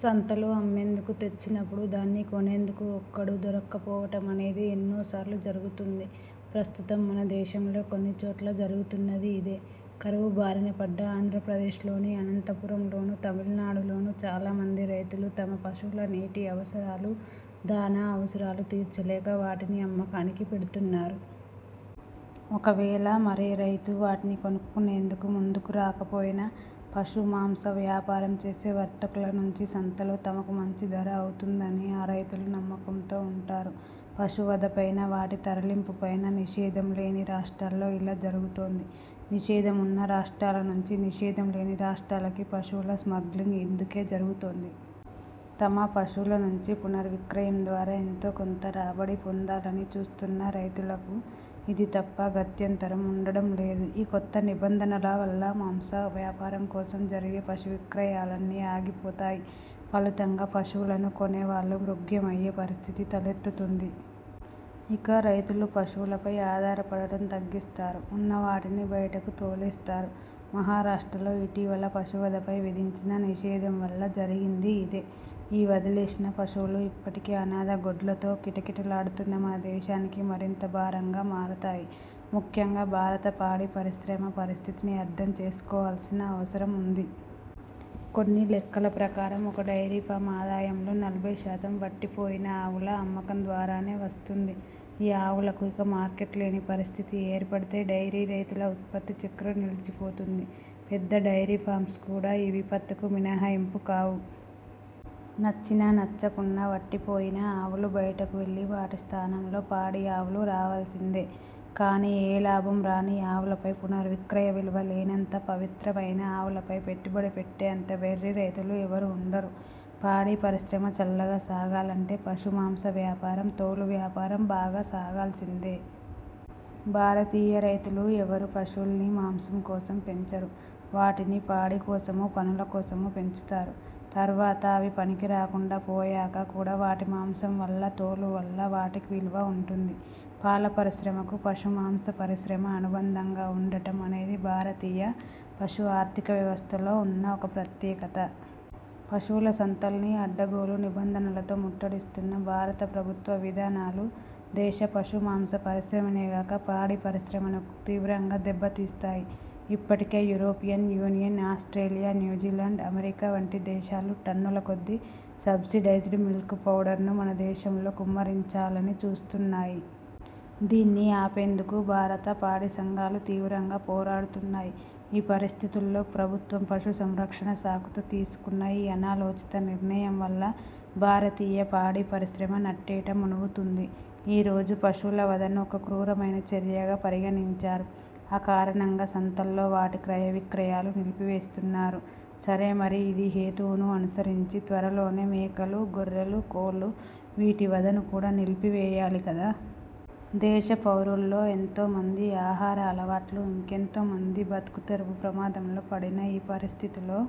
సంతలో అమ్మేందుకు తెచ్చినపుడు, దాన్ని కొనేందుకు ఒక్కడూ దొరక్కపోవటమనేది ఎన్నోసార్లు జరుగుతుంది. ప్రస్తుతం మన దేశంలో కొన్ని చోట్ల జరుగుతున్నది ఇదే. కరువు బారినపడ్డ ఆంధ్రప్రదేశ్లోని అనంతపురంలోనూ, తమిళనాడులోనూ చాలామంది రైతులు తమ పశువుల నీటి అవసరాలూ, దాణా అవసరాలూ తీర్చలేక వాటిని అమ్మకానికి పెడుతున్నారు. ఒకవేళ మరే రైతూ వాటిని కొనుక్కొనేందుకు ముందుకు రాకపోయినా, పశు మాంస వ్యాపారం చేసే వర్తకుల నుంచి సంతలో తమకు మంచి ధర అందుతుందని ఆ రైతులు నమ్మకంతో ఉంటారు. పశువధపైనా, వాటి తరలింపుపైనా నిషేధం లేని రాష్ట్రాల్లో ఇలా జరుగుతోంది. నిషేధం ఉన్న రాష్ట్రాల నుంచి నిషేధం లేని రాష్ట్రాలకి పశువుల 'స్మగ్లింగ్' ఇందుకే జరుగుతోంది. తమ పశువుల నుంచి పునర్విక్రయం ద్వారా ఎంతో కొంత రాబడి పొందాలని చూస్తున్న రైతులకు ఇది తప్ప గత్యంతరం ఉండటం లేదు. ఈ కొత్త నిబంధనల వల్ల మాంస వ్యాపారం కోసం జరిగే పశు విక్రయాలన్నీ ఆగిపోతాయి. ఫలితంగా పశువులను కొనేవాళ్ళు మృగ్యమయ్యే పరిస్థితి తలెత్తుతుంది. ఇక రైతులు పశువులపై ఆధారపడటం తగ్గిస్తారు. ఉన్నవాటిని బయటకు తోలేస్తారు. మహారాష్ట్రలో ఇటీవల పశువధపై విధించిన నిషేధం వల్ల జరిగింది ఇదే. ఈ వదిలేసిన పశువులు ఇప్పటికే అనాథ గొడ్లతో కిటకిటలాడుతున్న మన దేశానికి మరింత భారంగా మారతాయి. ముఖ్యంగా భారత పాడి పరిశ్రమ పరిస్థితిని అర్థం చేసుకోవాల్సిన అవసరం ఉంది. కొన్ని లెక్కల ప్రకారం ఒక డైరీ ఫార్మ్ ఆదాయంలో నలభై శాతం వట్టిపోయిన ఆవుల అమ్మకం ద్వారానే వస్తుంది. ఈ ఆవులకు ఇక మార్కెట్ లేని పరిస్థితి ఏర్పడితే, డైరీ రైతుల ఉత్పత్తి చక్రం నిలచిపోతుంది. పెద్ద డైరీ ఫార్మ్స్ కూడా ఈ విపత్తుకు మినహాయింపు కావు. నచ్చినా నచ్చకున్నా, వట్టిపోయిన ఆవులు బయటకువెళ్ళి వాటి స్థానంలో పాడి ఆవులు రావాల్సిందే. కానీ ఏ లాభం రాని ఆవులపై పునర్విక్రయ విలువ లేనంత పవిత్రమైన ఆవులపై– పెట్టుబడి పెట్టేంత వెర్రి రైతులు ఎవరూ ఉండరు. పాడి పరిశ్రమ చల్లగా సాగాలంటే, పశు మాంస వ్యాపారం, తోలు వ్యాపారం బాగా సాగాల్సిందే. భారతీయ రైతులు ఎవరూ పశువుల్ని మాంసం కోసం పెంచరు వాటిని పాడి కోసమూ, పనుల కోసమూ పెంచుతారు. తర్వాత అవి పనికిరాకుండా పోయాక కూడా వాటి మాంసం వల్ల, తోలు వల్లా వాటికి విలువ ఉంటుంది. పాల పరిశ్రమకు పశు మాంస పరిశ్రమ అనుబంధంగా ఉండటం అనేది భారతీయ పశు ఆర్థిక వ్యవస్థలో ఉన్న ఒక ప్రత్యేకత. పశువుల సంతల్ని అడ్డగోలు నిబంధనలతో ముట్టడిస్తున్న భారత ప్రభుత్వ విధానాలు దేశ పశు మాంస పరిశ్రమనే గాక, పాడి పరిశ్రమనూ తీవ్రంగా దెబ్బతీస్తాయి. ఇప్పటికే European Union, Australia, New Zealand, America వంటి దేశాలు టన్నుల కొద్దీ సబ్సిడైజ్డ్ మిల్క్ పౌడర్ను మన దేశంలో కుమ్మరించాలని చూస్తున్నాయి. దీన్ని ఆపేందుకు భారత పాడి సంఘాలు తీవ్రంగా పోరాడుతున్నాయి. ఈ పరిస్థితుల్లో ప్రభుత్వం పశు సంరక్షణ సాకుతో తీసుకున్న ఈ అనాలోచిత నిర్ణయం వల్ల భారతీయ పాడి పరిశ్రమ నట్టేట మునుగుతుంది. ఈ రోజు పశువుల వధను ఒక క్రూరమైన చర్యగా పరిగణించారు, ఆ కారణంగా సంతల్లో వాటి క్రయ విక్రయాలు నిలిపివేస్తున్నారు సరే మరి ఇదే హేతువును అనుసరించి త్వరలోనే మేకలు, గొర్రెలు, కోళ్ళూ వీటి వధను కూడా నిలిపివేయాలి కదా. దేశ పౌరుల్లో ఎంతో మంది ఆహార అలవాట్లూ, ఇంకెంతో మంది బతుకుతెరువూ ప్రమాదంలో పడిన ఈ పరిస్థితిలో